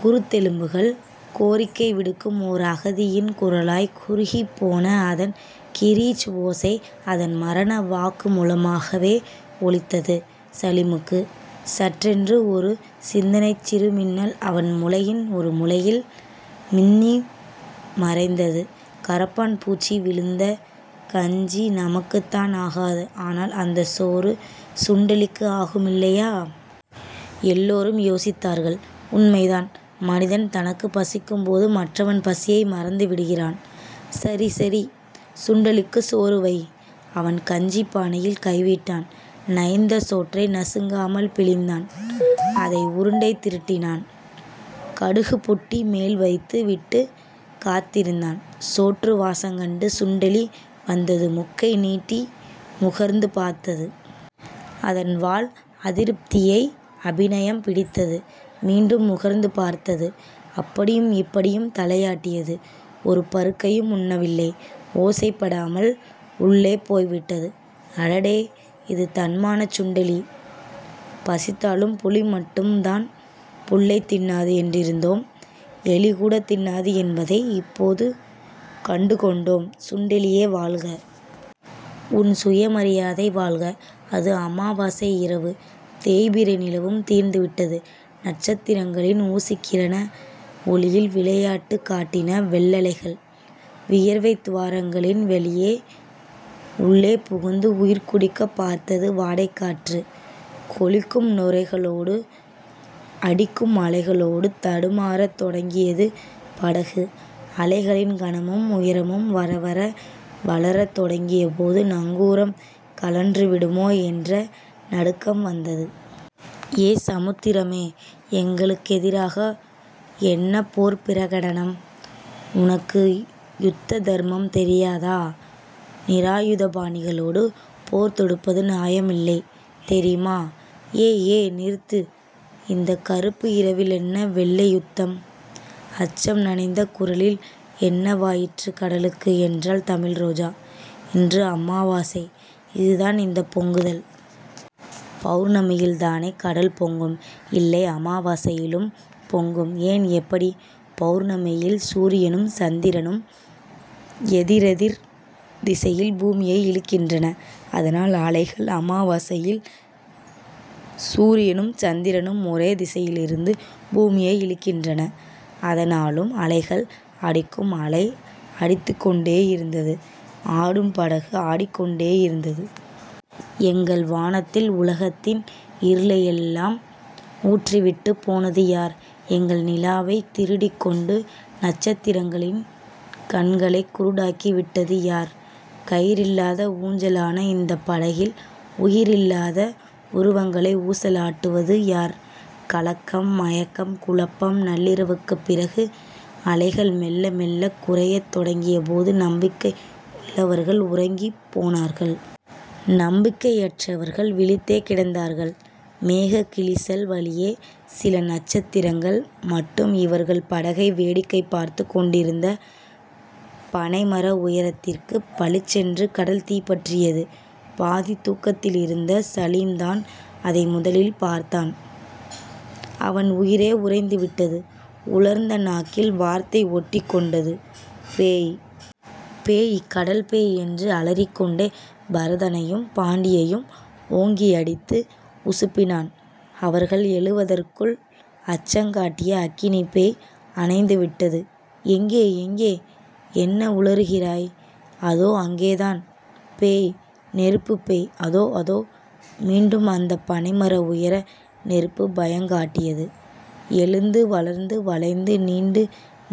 குருத்தெலும்புகள். கோரிக்கை விடுக்கும் ஓர் அகதியின் குரலாய்க் குறுகிப் போன அதன் கிரீச் ஓசை அதன் மரண வாக்குமுலமாகவே ஒலித்தது சலீமுக்கு. சட்டென்று ஒரு சிந்தனைச் சிறுமின்னல் அவன் முளையின் ஒரு முலையில் மின்னிமறைந்தது. கரப்பான்பூச்சி விழுந்த கஞ்சி நமக்குத்தான் ஆகாது. ஆனால் அந்தச் சோறு சுண்டெலிக்கு ஆகுமில்லையா? எல்லோரும் யோசித்தார்கள் உண்மைதான் மனிதன் தனக்குப் பசிக்கும்போது மற்றவன் பசியை மறந்துவிடுகிறான் சரி சரி சுண்டெலிக்குச் சோறு வை அவன் கஞ்சிப் பானையில் கைவிட்டான் நைந்த சோற்றை நசுங்காமல் பிழிந்தான் அதை உருண்டை திரட்டினான் கடுகுபுட்டி மேல் வைத்துவிட்டுக் காத்திருந்தான் சோற்றுவாசங்கண்டு சுண்டெலி வந்தது முக்கை நீட்டி முகர்ந்து பார்த்தது அதன் வால் அதிருப்தியை அபிநயம் பிடித்தது மீண்டும் முகர்ந்து பார்த்தது அப்படியும் இப்படியும் தலையாட்டியது ஒரு பருக்கையும் உண்ணவில்லை ஓசைப்படாமல் உள்ளே போய்விட்டது அடடே இது தன்மானச் சுண்டெலி பசித்தாலும் புலிமட்டும்தான் புல்லைத் தின்னாது என்றிருந்தோம் எலிகூடத் தின்னாது என்பதை இப்போது கண்டுகொண்டோ ம். சுண்டெலியே வாழ்க உன் சுயமரியாதை வாழ்க. அது அமாவாசை இரவு. தேய்பிறை நிலவும் தீர்ந்துவிட்டது. நட்சத்திரங்களின் ஊசிக்கிரண ஒளியில் விளையாட்டுக் காட்டின வெள்ளலைகள். வியர்வைத் துவாரங்களின் வழியே உள்ளே புகுந்து உயிர்குடிக்கப் பார்த்தது வாடைக்காற்று. கொழிக்கும் நுரைகளோடு அடிக்கும் அலைகளோடு தடுமாறத் தொடங்கியது படகு. அலைகளின் கனமும் உயரமும் வரவர வளரத் தொடங்கியபோது நங்கூரம் கழன்றுவிடுமோ என்ற நடுக்கம் வந்தது. ஏ சமுத்திரமே எங்களுக்கெதிராக என்ன போர்ப் பிரகடனம் உனக்கு யுத்த தர்மம் தெரியாதா நிராயுதபாணிகளோடு போர் தொடுப்பது நியாயமில்லை தெரியுமா ஏ. ஏ. நிறுத்து. இந்தக் கறுப்பு இரவிலென்ன வெள்ளை யுத்தம் அச்சம் நனைந்த குரலில் என்னவாயிற்று கடலுக்கு என்றாள் தமிழ்ரோஜா இன்று அமாவாசை அதுதான் இந்தப் பொங்குதல் பெளர்ணமியில்தானே கடல் பொங்கும் இல்லை அமாவாசையிலும் பொங்கும் ஏன்... எப்படி பெளர்ணமியில் சூரியனும் சந்திரனும் எதிரெதிர் திசையில் பூமியை இழுக்கின்றன அதனால் அலைகள் அமாவாசையில் சூரியனும் சந்திரனும் ஒரே திசையிலிருந்து பூமியை இழுக்கின்றன. அதனாலும் அலைகள் அடிக்கும் அலை அடித்துக் கொண்டேயிருந்தது ஆடும் படகு ஆடிக் கொண்டேயிருந்தது எங்கள் வானத்தில் உலகத்தின் இருளையெல்லாம் ஊற்றிவிட்டுப் போனது யார் எங்கள் நிலாவைத் திருடிக்கொண்டு நட்சத்திரங்களின் கண்களைக் குருடாக்கிவிட்டது யார் கயிறில்லாத ஊஞ்சலான இந்தப் படகில் உயிரில்லாத உருவங்களை ஊசலாட்டுவது யார் கலக்கம் மயக்கம் குழப்பம் நள்ளிரவுக்குப் பிறகு அலைகள் மெள்ள மெள்ளக் குறையத் தொடங்கியபோது நம்பிக்கை உள்ளவர்கள் உறங்கிப் போனார்கள் நம்பிக்கையற்றவர்கள் விழித்தே கிடந்தார்கள். மேகக் கிழிசல் வழியே சில நட்சத்திரங்கள் மட்டும் இவர்கள் படகை வேடிக்கை பார்த்துக் கொண்டிருந்த பனைமர உயரத்திற்குப் பளிச்சென்று கடல் தீப்பற்றியது. பாதித் தூக்கத்திலிருந்த சலீம்தான் அதை முதலில் பார்த்தான். அவன் உயிரே உறைந்துவிட்டது. உலர்ந்த நாக்கில் வார்த்தை ஒட்டிக்கொண்டது. பேய். பேய். கடல்பேய். என்று அலறிக்கொண்டே பரதனையும் பாண்டியையும் ஓங்கியடித்து உசுப்பினான். அவர்கள் எழுவதற்குள் அச்சங்காட்டிய அக்கினிப்பேய் அணைந்துவிட்டது. எங்கே? எங்கே? என்ன உளறுகிறாய்? அதோ.. அங்கேதான். பேய். நெருப்புப் பேய். அதோ. அதோ. மீண்டும் அந்தப் பனைமர உயர நெருப்பு பயங்காட்டியது. எழுந்து வளர்ந்து வளைந்து நீண்டு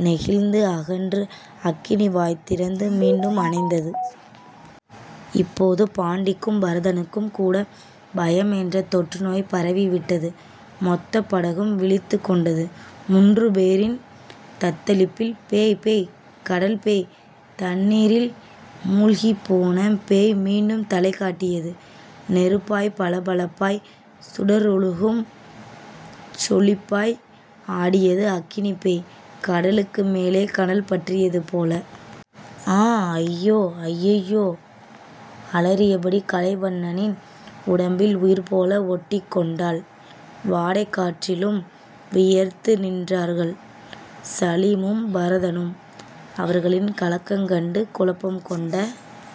நெகிழ்ந்து அகன்று அக்கினி வாய்திறந்து மீண்டும் அணைந்தது. இப்போது பாண்டிக்கும் பரதனுக்கும்கூடப் பயம் என்ற தொற்றுநோய் பரவிவிட்டது. மொத்தப் படகும் விழித்துக் கொண்டது முன்று பேரின் தத்தளிப்பில். பேய். பேய். கடல் பேய். தண்ணீரில் முழ்கிப்போன பேய் மீண்டும் தலைகாட்டியது. நெருப்பாய் பளபளப்பாய் சுடரொழுகும் ஜொலிப்பாய் ஆடியது அக்கினிப் பேய் கடலுக்கு மேலே கனல் பற்றியது போல. ஆ. அய்யோ. அய்யய்யோ. அலறியபடி கலைவண்ணனின் உடம்பில் உயிர்போல ஒட்டிக்கொண்டாள் வாடைக்காற்றிலும் வியர்த்து நின்றார்கள் சலீமும் பரதனும். அவர்களின் கலக்கங்கண்டு குழப்பம்கொண்ட